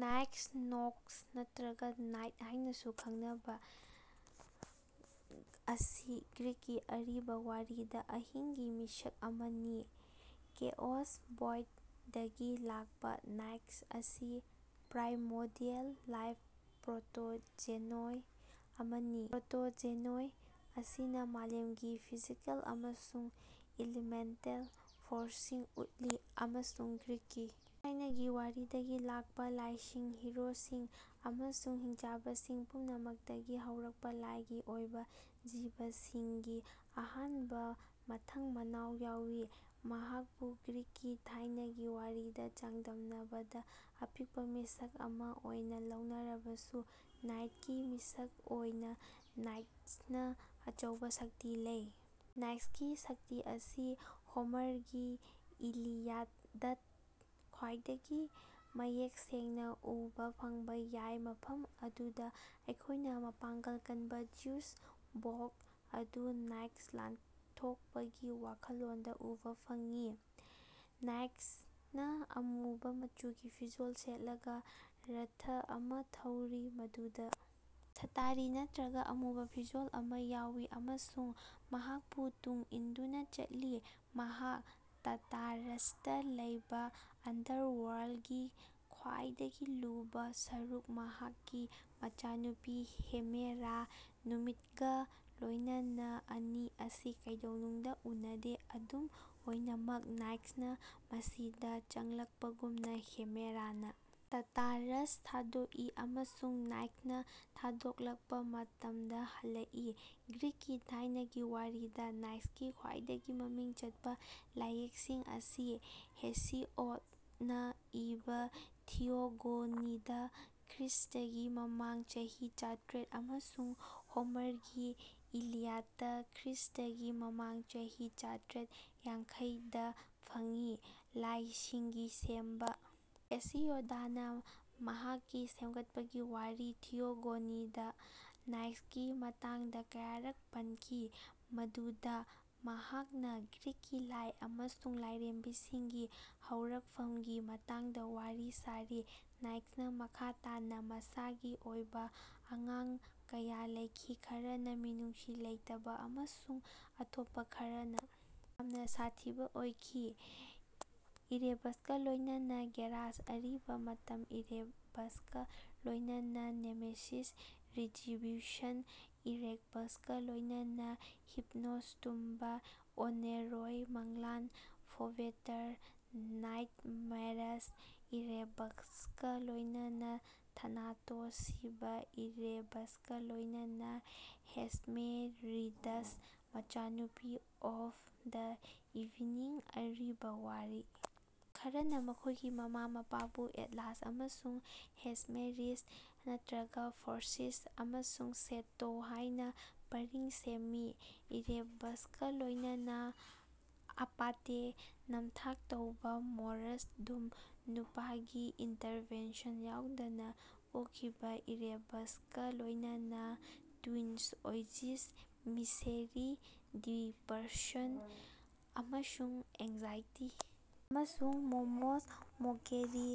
ꯅꯥꯏꯛꯁ ꯅꯣꯛꯁ ꯅꯠꯇ꯭ꯔꯒ ꯅꯥꯏꯠ ꯍꯥꯏꯅꯁꯨ ꯈꯪꯅꯕ ꯑꯁꯤ ꯒ꯭ꯔꯤꯛꯀꯤ ꯑꯔꯤꯕ ꯋꯥꯔꯤꯗ ꯑꯍꯤꯡꯒꯤ ꯃꯤꯁꯛ ꯑꯃꯅꯤ꯫ ꯀꯦꯑꯣꯁ ꯚꯣꯏꯗ ꯗꯒꯤ ꯂꯥꯛꯄ ꯅꯥꯏꯛꯁ ꯑꯁꯤ ꯄ꯭ꯔꯥꯏꯃꯣꯔꯗꯤꯌꯦꯜ ꯂꯥꯏ ꯄ꯭ꯔꯣꯇꯣꯖꯦꯅꯣꯏ ꯑꯃꯅꯤ꯫ ꯄ꯭ꯔꯣꯇꯣꯖꯦꯅꯣꯏ ꯑꯁꯤꯅ ꯃꯥꯂꯦꯝꯒꯤ ꯐꯤꯖꯤꯀꯦꯜ ꯑꯃꯁꯨꯡ ꯏꯂꯤꯃꯦꯟꯇꯜ ꯐꯣꯔ꯭ꯁꯁꯤꯡ ꯎꯠꯂꯤ ꯑꯃꯁꯨꯡ ꯒ꯭ꯔꯤꯛꯀꯤ ꯊꯥꯏꯅꯒꯤ ꯋꯥꯔꯤꯗꯒꯤ ꯂꯥꯛꯄ ꯂꯥꯏꯁꯤꯡ ꯍꯤꯔꯣꯁꯤꯡ ꯑꯃꯁꯨꯡ ꯍꯤꯡꯆꯥꯕꯁꯤꯡ ꯄꯨꯝꯅꯃꯛꯇꯒꯤ ꯍꯧꯔꯛꯄ ꯂꯥꯏꯒꯤ ꯑꯣꯏꯕ ꯖꯤꯕꯁꯤꯡꯒꯤ ꯑꯍꯥꯟꯕ ꯃꯊꯪ ꯃꯅꯥꯎ ꯌꯥꯎꯋꯤ꯫ ꯃꯍꯥꯛꯄꯨ ꯒ꯭ꯔꯤꯛꯀꯤ ꯊꯥꯏꯅꯒꯤ ꯋꯥꯔꯤꯗ ꯆꯥꯡꯗꯝꯅꯕꯗ ꯑꯄꯤꯛꯄ ꯃꯤꯁꯛ ꯑꯃ ꯑꯣꯏꯅ ꯂꯧꯅꯔꯕꯁꯨ ꯅꯥꯏꯠꯀꯤ ꯃꯤꯁꯛ ꯑꯣꯏꯅ ꯅꯥꯏꯛꯁꯅ ꯑꯆꯧꯕ ꯁꯛꯇꯤ ꯂꯩ꯫ ꯅꯥꯏꯛꯁꯀꯤ ꯁꯛꯇꯤ ꯑꯁꯤ ꯍꯣꯃꯔꯒꯤ ꯏꯂꯤꯌꯥꯗꯇ ꯈ꯭ꯋꯥꯏꯗꯒꯤ ꯃꯌꯦꯛ ꯁꯦꯡꯅ ꯎꯕ ꯐꯪꯕ ꯌꯥꯏ ꯃꯐꯝ ꯑꯗꯨꯗ ꯑꯩꯈꯣꯏꯅ ꯃꯄꯥꯡꯒꯜ ꯀꯟꯕ ꯖꯤꯎꯁ ꯕꯣꯜꯛ ꯑꯗꯨ ꯅꯥꯏꯛꯁ ꯂꯥꯟꯊꯣꯛꯄꯒꯤ ꯋꯥꯈꯜꯂꯣꯟꯗ ꯎꯕ ꯐꯪꯉꯤ꯫ ꯅꯥꯏꯛ꯭ꯁꯅ ꯑꯃꯨꯕ ꯃꯆꯨꯒꯤ ꯐꯤꯖꯣꯜ ꯁꯦꯠꯂꯒ ꯔꯊ ꯑꯃ ꯊꯧꯔꯤ ꯃꯗꯨꯗ ꯁ꯭ꯇꯥꯔꯤ ꯅꯠꯇ꯭ꯔꯒ ꯑꯃꯨꯕ ꯐꯤꯖꯣꯜ ꯑꯃ ꯌꯥꯎꯋꯤ ꯑꯃꯁꯨꯡ ꯃꯍꯥꯛꯄꯨ ꯇꯨꯡ ꯏꯟꯗꯨꯅ ꯆꯠꯂꯤ꯫ ꯃꯍꯥꯛ ꯇꯥꯔꯇꯥꯔꯁꯇ ꯂꯩ ꯑꯟꯗꯔꯋꯥꯔꯜꯗꯀꯤ ꯈ꯭ꯋꯥꯏꯗꯒꯤ ꯂꯨꯕ ꯁꯔꯨꯛ ꯃꯍꯥꯛꯀꯤ ꯃꯆꯥꯅꯨꯄꯤ ꯍꯦꯃꯦꯔꯥ ꯅꯨꯃꯤꯠꯒ ꯂꯣꯏꯅꯅ꯫ ꯑꯅꯤ ꯑꯁꯤ ꯀꯩꯗꯧꯅꯨꯡꯗ ꯎꯅꯗꯦ ꯑꯗꯨꯝ ꯑꯣꯏꯅꯃꯛ ꯅꯥꯏꯛꯁꯅ ꯃꯁꯤꯗ ꯆꯪꯂꯛꯄꯒꯨꯝꯅ ꯍꯦꯃꯦꯔꯥꯅ ꯇꯥꯔꯇꯥꯔꯁ ꯊꯥꯗꯣꯛꯏ ꯑꯃꯁꯨꯡ ꯅꯥꯏꯛꯁꯅ ꯊꯥꯗꯣꯛꯂꯛꯄ ꯃꯇꯝꯗ ꯍꯜꯂꯛꯏ꯫ ꯒ꯭ꯔꯤꯛꯀꯤ ꯊꯥꯏꯅꯒꯤ ꯋꯥꯔꯤꯗ ꯅꯥꯏꯛꯁꯀꯤ ꯈ꯭ꯋꯥꯏꯗꯒꯤ ꯃꯃꯤꯡ ꯆꯠꯄ ꯂꯥꯏꯌꯦꯛꯁꯤꯡ ꯑꯁꯤ ꯍꯦꯁꯤꯑꯣꯗꯅ ꯏꯕ ꯊꯤꯌꯣꯒꯣꯅꯤꯗ ꯈ꯭ꯔꯤꯁ꯭ꯇꯒꯤ ꯃꯃꯥꯡ ꯆꯍꯤ ꯆꯥꯇ꯭ꯔꯦꯠ ꯑꯃꯁꯨꯡ ꯍꯣꯃꯔꯒꯤ ꯏꯂꯤꯌꯥꯗꯇ ꯈ꯭ꯔꯤꯁ꯭ꯇꯒꯤ ꯃꯃꯥꯡ ꯆꯍꯤ ꯆꯥꯇ꯭ꯔꯦꯠ ꯌꯥꯡꯈꯩꯗꯐꯪꯏ꯫ ꯂꯥꯏꯁꯤꯡꯒꯤ ꯁꯦꯝꯕ ꯍꯦꯁꯤꯌꯣꯗꯅ ꯃꯍꯥꯛꯀꯤ ꯁꯦꯝꯒꯠꯄꯒꯤ ꯋꯥꯔꯤ ꯊꯤꯌꯣꯒꯣꯅꯤꯗ ꯅꯥꯏꯛꯁꯀꯤ ꯃꯇꯥꯡꯗ ꯀꯌꯥꯔꯛ ꯄꯟꯈꯤ ꯃꯗꯨꯗ ꯃꯍꯥꯛꯅ ꯒ꯭ꯔꯤꯛꯀꯤ ꯂꯥꯏ ꯑꯃꯁꯨꯡ ꯂꯥꯏꯔꯦꯝꯕꯤꯁꯤꯡꯒꯤ ꯍꯧꯔꯛꯐꯝꯒꯤ ꯃꯇꯥꯡꯗ ꯋꯥꯔꯤ ꯁꯥꯔꯤ ꯅꯥꯏꯛ꯭ꯁꯅ ꯃꯈꯥ ꯇꯥꯅ ꯃꯁꯥꯒꯤ ꯑꯣꯏꯕ ꯑꯉꯥꯡ ꯀꯌꯥ ꯂꯩꯈꯤ ꯈꯔꯅ ꯃꯤꯅꯨꯡꯁꯤ ꯂꯩꯇꯕ ꯑꯃꯁꯨꯡ ꯑꯇꯣꯞꯄ ꯈꯔꯅ ꯌꯥꯝꯅ ꯁꯥꯊꯤꯕ ꯑꯣꯏꯈꯤ꯫ ꯏꯔꯦꯕꯁꯀ ꯂꯣꯏꯅꯅ ꯒꯦꯔꯥꯁ ꯑꯔꯤꯕ ꯃꯇꯝ ꯏꯔꯦꯕꯁꯀ ꯂꯣꯏꯅꯅ ꯅꯦꯃꯦꯁꯤꯁ ꯔꯤꯇ꯭ꯔꯤꯕ꯭ꯌꯨꯁꯟ ꯏꯔꯦꯕꯁꯀ ꯂꯣꯏꯅꯅ ꯍꯤꯞꯅꯣꯁ ꯇꯨꯝꯕ ꯑꯣꯅꯦꯔꯣꯏ ꯃꯪꯂꯥꯟ ꯐꯣꯕꯦꯇꯔ ꯅꯥꯏꯠꯃꯦꯔ꯭ꯁ ꯏꯔꯦꯕꯁꯀ ꯂꯣꯏꯅꯅ ꯊꯥꯅꯥꯇꯣꯁ ꯁꯤꯕ ꯏꯔꯦꯕꯁꯀ ꯂꯣꯏꯅꯅ ꯍꯦꯁꯄꯦꯔꯤꯗꯁ ꯃꯆꯥꯅꯨꯄꯤ ꯑꯣꯐ ꯗ ꯏꯚꯤꯅꯤꯡ ꯑꯔꯤꯕ ꯋꯥꯔꯤ ꯈꯔꯅ ꯃꯈꯣꯏꯒꯤ ꯃꯃꯥ ꯃꯄꯥꯕꯨ ꯑꯦꯠꯂꯥꯁ ꯑꯃꯁꯨꯡ ꯍꯦꯁꯄꯦꯔꯤꯁ ꯅꯠꯇ꯭ꯔꯒ ꯐꯣꯔꯁꯤꯁ ꯑꯃꯁꯨꯡ ꯁꯦꯇꯣ ꯍꯥꯏꯅ ꯄꯔꯤꯡ ꯁꯦꯝꯃꯤ꯫ ꯏꯔꯦꯕꯁꯀ ꯂꯣꯏꯅꯅ ꯑꯄꯥꯇꯦ ꯅꯝꯊꯥꯛ ꯇꯧꯕ ꯃꯣꯔꯣꯁ ꯗꯨꯝ ꯅꯨꯄꯥꯒꯤ ꯏꯟꯇꯔꯚꯦꯟꯁꯟ ꯌꯥꯎꯗꯅ ꯄꯣꯛꯈꯤꯕ ꯏꯔꯦꯕꯁꯀ ꯂꯣꯏꯅꯅ ꯇ꯭ꯋꯤꯟ꯭ꯁ ꯑꯣꯏꯖꯤꯁ ꯃꯤꯁꯦꯔꯤ ꯗꯤꯄ꯭ꯔꯦꯁꯟ ꯑꯃꯁꯨꯡ ꯑꯦꯟꯖꯥꯏꯇꯤ ꯑꯃꯁꯨꯡ ꯃꯣꯃꯣꯁ ꯃꯣꯀꯦꯔꯤ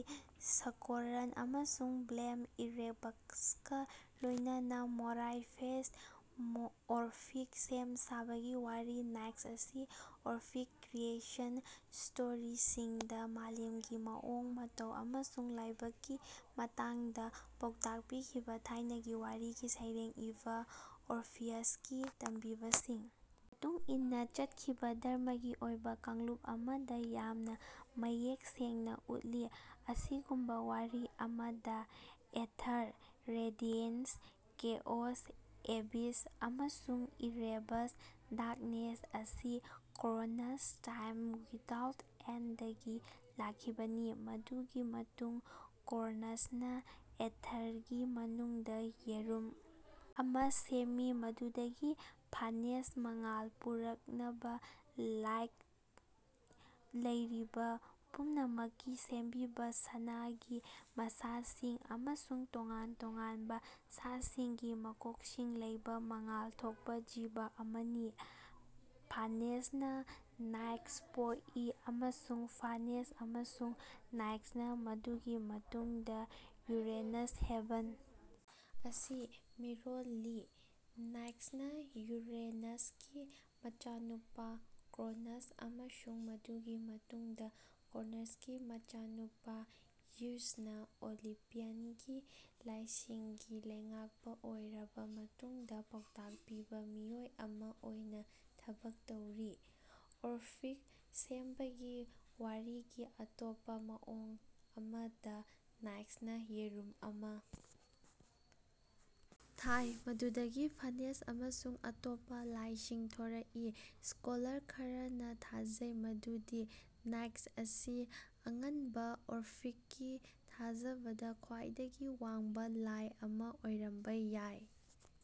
ꯁ꯭ꯀꯣꯔ꯭ꯟ, ꯑꯃꯁꯨꯡ ꯕ꯭ꯂꯦꯝ ꯏꯔꯦꯕꯁꯀ ꯂꯣꯏꯅꯅ ꯃꯣꯔꯥꯏ ꯐꯦꯠꯁ꯫ ꯑꯣꯔꯐꯤꯛ ꯁꯦꯝ ꯁꯥꯕꯒꯤ ꯋꯥꯔꯤ ꯅꯥꯏꯛꯁ ꯑꯁꯤ ꯑꯣꯔꯐꯤꯛ ꯀ꯭ꯔꯤꯌꯦꯁꯟ ꯁ꯭ꯇꯣꯔꯤꯁꯤꯡꯗ ꯃꯥꯂꯦꯝꯒꯤ ꯃꯑꯣꯡ ꯃꯇꯧ ꯑꯃꯁꯨꯡ ꯂꯥꯏꯕꯛꯀꯤ ꯃꯇꯥꯡꯗ ꯄꯥꯎꯇꯥꯛ ꯄꯤꯈꯤꯕ ꯊꯥꯏꯅꯒꯤ ꯋꯥꯔꯤꯒꯤ ꯁꯩꯔꯦꯡ ꯏꯕ ꯑꯣꯔꯐꯤꯌꯁꯀꯤ ꯇꯝꯕꯤꯕꯁꯤꯡ ꯃꯇꯨꯡ ꯏꯟꯅ ꯆꯠꯈꯤꯕ ꯙꯔꯃꯒꯤ ꯑꯣꯏꯕ ꯀꯥꯡꯂꯨꯞ ꯑꯃꯗ ꯌꯥꯝꯅ ꯃꯌꯦꯛ ꯁꯦꯡꯅ ꯎꯠꯂꯤ꯫ ꯑꯁꯤꯒꯨꯝꯕ ꯋꯥꯔꯤ ꯑꯃꯗ ꯑꯦꯊꯔ ꯔꯦꯗꯤꯌꯦꯟꯁ ꯀꯦꯑꯣꯁ ꯑꯦꯕꯤꯁ ꯑꯃꯁꯨꯡ ꯏꯔꯦꯕꯁ ꯗꯥꯔ꯭ꯛꯅꯦꯁ ꯑꯁꯤ ꯀ꯭ꯔꯣꯅꯁ ꯇꯥꯏꯝ ꯋꯤꯗꯥꯎꯠ ꯑꯦꯟꯗꯗꯒꯤ ꯂꯥꯛꯈꯤꯕꯅꯤ꯫ ꯃꯗꯨꯒꯤ ꯃꯇꯨꯡꯗ ꯀ꯭ꯔꯣꯅꯁꯅ ꯑꯦꯊꯔꯒꯤ ꯃꯅꯨꯡꯗ ꯌꯦꯔꯨꯝ ꯑꯃ ꯁꯦꯝꯃꯤ ꯃꯗꯨꯗꯒꯤ ꯐꯥꯅꯦꯁ ꯃꯉꯥꯜ ꯄꯨꯔꯛꯅꯕ ꯂꯥꯛꯏ ꯂꯩꯔꯤꯕ ꯄꯨꯝꯅꯃꯛꯀꯤ ꯁꯦꯝꯕꯤꯕ ꯁꯅꯥꯒꯤ ꯃꯁꯥꯁꯤꯡ ꯑꯃꯁꯨꯡ ꯇꯣꯉꯥꯟ ꯇꯣꯉꯥꯟꯕ ꯁꯥꯁꯤꯡꯒꯤ ꯃꯀꯣꯛꯁꯤꯡ ꯂꯩꯕ ꯃꯉꯥꯜ ꯊꯣꯛꯄ ꯖꯤꯕ ꯑꯃꯅꯤ꯫ ꯐꯥꯅꯦꯁꯅ ꯅꯥꯏꯛꯁ ꯄꯣꯛꯏ ꯑꯃꯁꯨꯡ ꯐꯥꯅꯦꯁ ꯑꯃꯁꯨꯡ ꯅꯥꯏꯛꯁꯅ ꯃꯗꯨꯒꯤ ꯃꯇꯨꯡꯗ ꯌꯨꯔꯦꯅꯁ ꯍꯦꯚꯦꯟ ꯑꯁꯤ ꯃꯤꯔꯣꯜꯂꯤ꯫ ꯅꯥꯏꯛꯁꯅ ꯌꯨꯔꯦꯅꯁꯀꯤ ꯃꯆꯥꯅꯨꯄꯥ ꯀ꯭ꯔꯣꯅꯁ ꯑꯃꯁꯨꯡ ꯃꯗꯨꯒꯤ ꯃꯇꯨꯡꯗ ꯀ꯭ꯔꯣꯅꯁꯀꯤ ꯃꯆꯥꯅꯨꯄꯥ ꯖ꯭ꯌꯨꯁꯅ ꯑꯣꯂꯤꯝꯄꯤꯌꯟꯒꯤ ꯂꯥꯏꯁꯤꯡꯒꯤ ꯂꯩꯉꯥꯛꯄ ꯑꯣꯏꯔꯕ ꯃꯇꯨꯡꯗ ꯄꯥꯎꯇꯥꯛ ꯄꯤꯕ ꯃꯤꯑꯣꯏ ꯑꯃ ꯑꯣꯏꯅ ꯊꯕꯛ ꯇꯧꯔꯤ꯫ ꯑꯣꯔꯐꯤꯛ ꯁꯦꯝꯕꯒꯤ ꯋꯥꯔꯤꯒꯤ ꯑꯇꯣꯞꯄ ꯃꯑꯣꯡ ꯑꯃꯗ ꯅꯥꯏꯛꯁꯅ ꯌꯦꯔꯨꯝ ꯑꯃ ꯊꯥꯏ ꯃꯗꯨꯗꯒꯤ ꯐꯥꯅꯦꯁ ꯑꯃꯁꯨꯡ ꯑꯇꯣꯞꯄ ꯂꯥꯏꯁꯤꯡ ꯊꯣꯔꯛꯏ꯫ ꯁ꯭ꯀꯣꯂꯔ ꯈꯔꯅ ꯊꯥꯖꯩ ꯃꯗꯨꯗꯤ ꯅꯥꯏꯛꯁ ꯑꯁꯤ ꯑꯉꯟꯕ ꯑꯣꯔꯐꯤꯛꯀꯤ ꯊꯥꯖꯕꯗ ꯈ꯭ꯋꯥꯏꯗꯒꯤ ꯋꯥꯡꯕ ꯂꯥꯏ ꯑꯃ ꯑꯣꯏꯔꯝꯕ ꯌꯥꯏ꯫